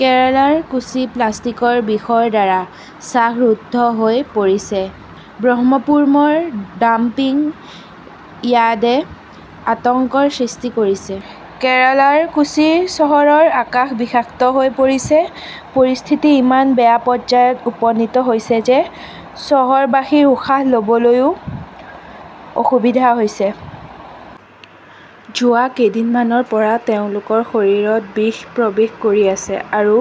কেৰালাৰ কোচি প্লাষ্টিকৰ বিষৰ দ্বাৰা শ্বাসৰুদ্ধ হৈ পৰিছে! ব্ৰহ্মপুৰমৰ ডাম্পিং য়াৰ্ডে আতংকৰ সৃষ্টি কৰিছে। কেৰালাৰ কোচি চহৰৰ আকাশ বিষাক্ত হৈ পৰিছে। পৰিস্থিতি ইমান বেয়া পৰ্যায়ত উপনীত হৈছে যে চহৰবাসীৰ উশাহ লবলৈও অসুবিধা হৈছে। যোৱা কেইদিনমানৰ পৰা তেওঁলোকৰ শৰীৰত বিষ প্ৰৱেশ কৰি আছে। আৰু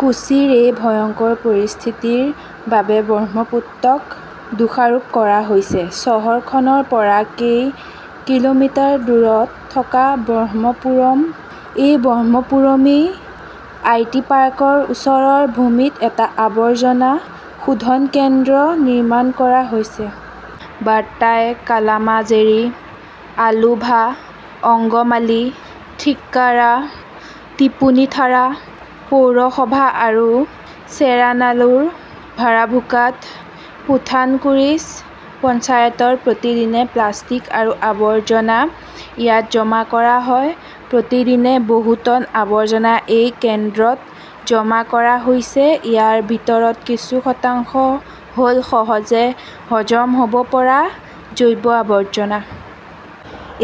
কোচিৰ এই ভয়ংকৰ পৰিস্থিতিৰ বাবে ব্ৰহ্মপুত্ৰক দোষাৰোপ কৰা হৈছে। চহৰখনৰ পৰা কেই কিলোমিটাৰ দূৰত থকা ব্ৰহ্মপুৰম। এই ব্ৰহ্মপুৰমেই আইটি পাৰ্কৰ ওচৰৰ ভূমিত এটা আৱৰ্জনা শোধন কেন্দ্ৰ নিৰ্মাণ কৰা হৈছে। বাতাই, কালামাছেৰী, আলুভা, অংগমালী, থ্ৰিক্কাকাৰা, ত্ৰিপুনিথাৰা পৌৰসভা আৰু চেৰানালুৰ, ভাৰাভুকাড, পুথানকুৰিছ পঞ্চায়তৰ প্ৰতিদিনে প্লাষ্টিক আৰু আৱৰ্জনা ইয়াত জমা কৰা হয়। প্ৰতিদিনে বহু টন আৱৰ্জনা এই কেন্দ্ৰত জমা কৰা হৈছে। ইয়াৰ ভিতৰত কিছু শতাংশ হ'ল সহজে হজম হ'ব পৰা জৈৱ আৱৰ্জনা।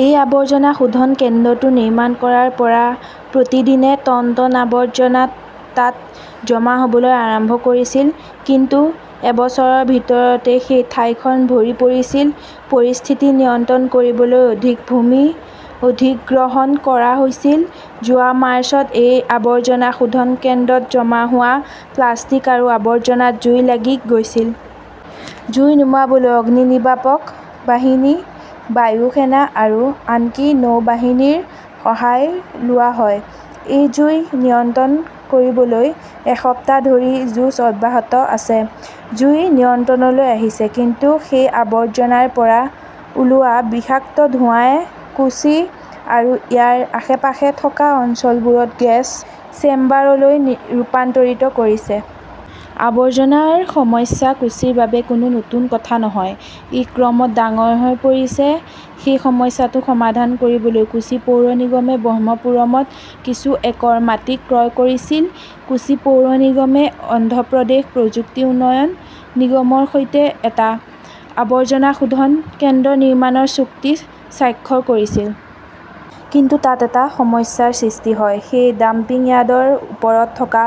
এই আৱৰ্জনা শোধন কেন্দ্ৰটো নিৰ্মাণ কৰাৰ পৰা প্ৰতিদিনে টন টন আৱৰ্জনা তাত জমা হ'বলৈ আৰম্ভ কৰিছিল। কিন্তু এবছৰৰ ভিতৰতে সেই ঠাইখন ভৰি পৰিছিল। পৰিস্থিতি নিয়ন্ত্ৰণ কৰিবলৈ অধিক ভূমি অধিগ্ৰহণ কৰা হৈছিল। যোৱা মাৰ্চত সেই আৱৰ্জনা শোধন কেন্দ্ৰত জমা হোৱা প্লাষ্টিক আৰু আৱৰ্জনাত জুই লাগি গৈছিল। জুই নুমুৱাবলৈ অগ্নিনিৰ্বাপক বাহিনী, বায়ু সেনা আৰু আনকি নৌবাহিনীৰ সহায় লোৱা হয়। সেই জুই নিয়ন্ত্ৰণ কৰিবলৈ এসপ্তাহ ধৰি যুঁজ অব্যাহত আছে। জুই নিয়ন্ত্ৰণলৈ আহিছে। কিন্তু সেই আৱৰ্জনাৰ পৰা ওলোৱা বিষাক্ত ধোঁৱাই কোচি আৰু ইয়াৰ আশে-পাশে থকা অঞ্চলসমূহক গেছ চেম্বাৰলৈ ৰূপান্তৰিত কৰিছে। আৱৰ্জনাৰ সমস্যা কোচিৰ বাবে কোনো নতুন কথা নহয়। ই ক্ৰমত ডাঙৰ হৈ পৰিছে। সেই সমস্যাটো সমাধান কৰিবলৈ কোচি পৌৰ নিগমে ব্ৰহ্মপুৰমত কিছু একৰ মাটি ক্ৰয় কৰিছিল। কোচি পৌৰ নিগমে অন্ধ্ৰ প্ৰদেশ প্ৰযুক্তি উন্নয়ন নিগমৰ সৈতে এটা আৱৰ্জনা শোধন কেন্দ্ৰ নিৰ্মাণৰ চুক্তি স্বাক্ষৰ কৰিছিল। কিন্তু তাত এটা সমস্যাৰ সৃষ্টি হয়। সেই ডাম্পিং য়াৰ্ডৰ ওচৰত থকা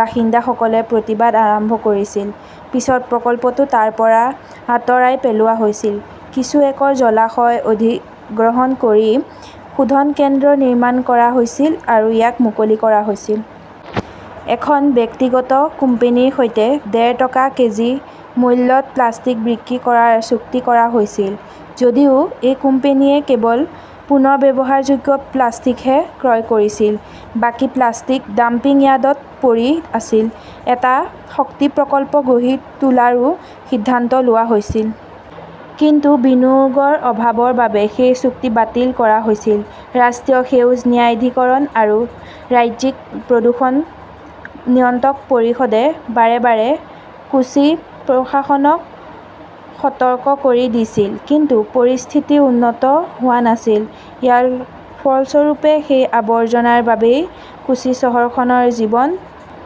বাসিন্দাসকলে প্ৰতিবাদ আৰম্ভ কৰিছিল। পিছত প্ৰকল্পটো তাৰ পৰা আঁতৰাই পেলোৱা হৈছিল। কিছু একৰ জলাশয় অধিগ্ৰহণ কৰি শোধন কেন্দ্ৰ নিৰ্মাণ কৰা হৈছিল আৰু ইয়াক মুকলি কৰা হৈছিল। এখন ব্যক্তিগত কোম্পানীৰ সৈতে ডেৰ টকা কেজি মূল্যত প্লাষ্টিক বিক্ৰী কৰাৰ চুক্তি কৰা হৈছিল। যদিও সেই কোম্পানীয়ে কেৱল পুনৰ্ব্যৱহাৰযোগ্য প্লাষ্টিকহে ক্ৰয় কৰিছিল। বাকী প্লাষ্টিক ডাম্পিং য়াৰ্ডত পৰি আছিল। এটা শক্তি প্ৰকল্প ‌‌গঢ়ি তোলাৰো সিদ্ধান্ত লোৱা হৈছিল। কিন্তু বিনিয়োগৰ অভাৱৰ বাবে সেই চুক্তি বাতিল কৰা হৈছিল। ৰাষ্ট্ৰীয় সেউজ ন্যায়াধিকৰণ আৰু ৰাজ্যিক প্ৰদূষণ নিয়ন্ত্ৰক পৰিষদে বাৰে বাৰে কোচি প্ৰশাসনক সতৰ্ক কৰি দিছিল। কিন্তু পৰিস্থিতি উন্নত হোৱা নাছিল। ইয়াৰ ফলস্বৰূপে সেই আৱৰ্জনাৰ বাবেই কোচি চহৰখনৰ জীৱন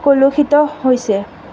কলুষিত হৈছে।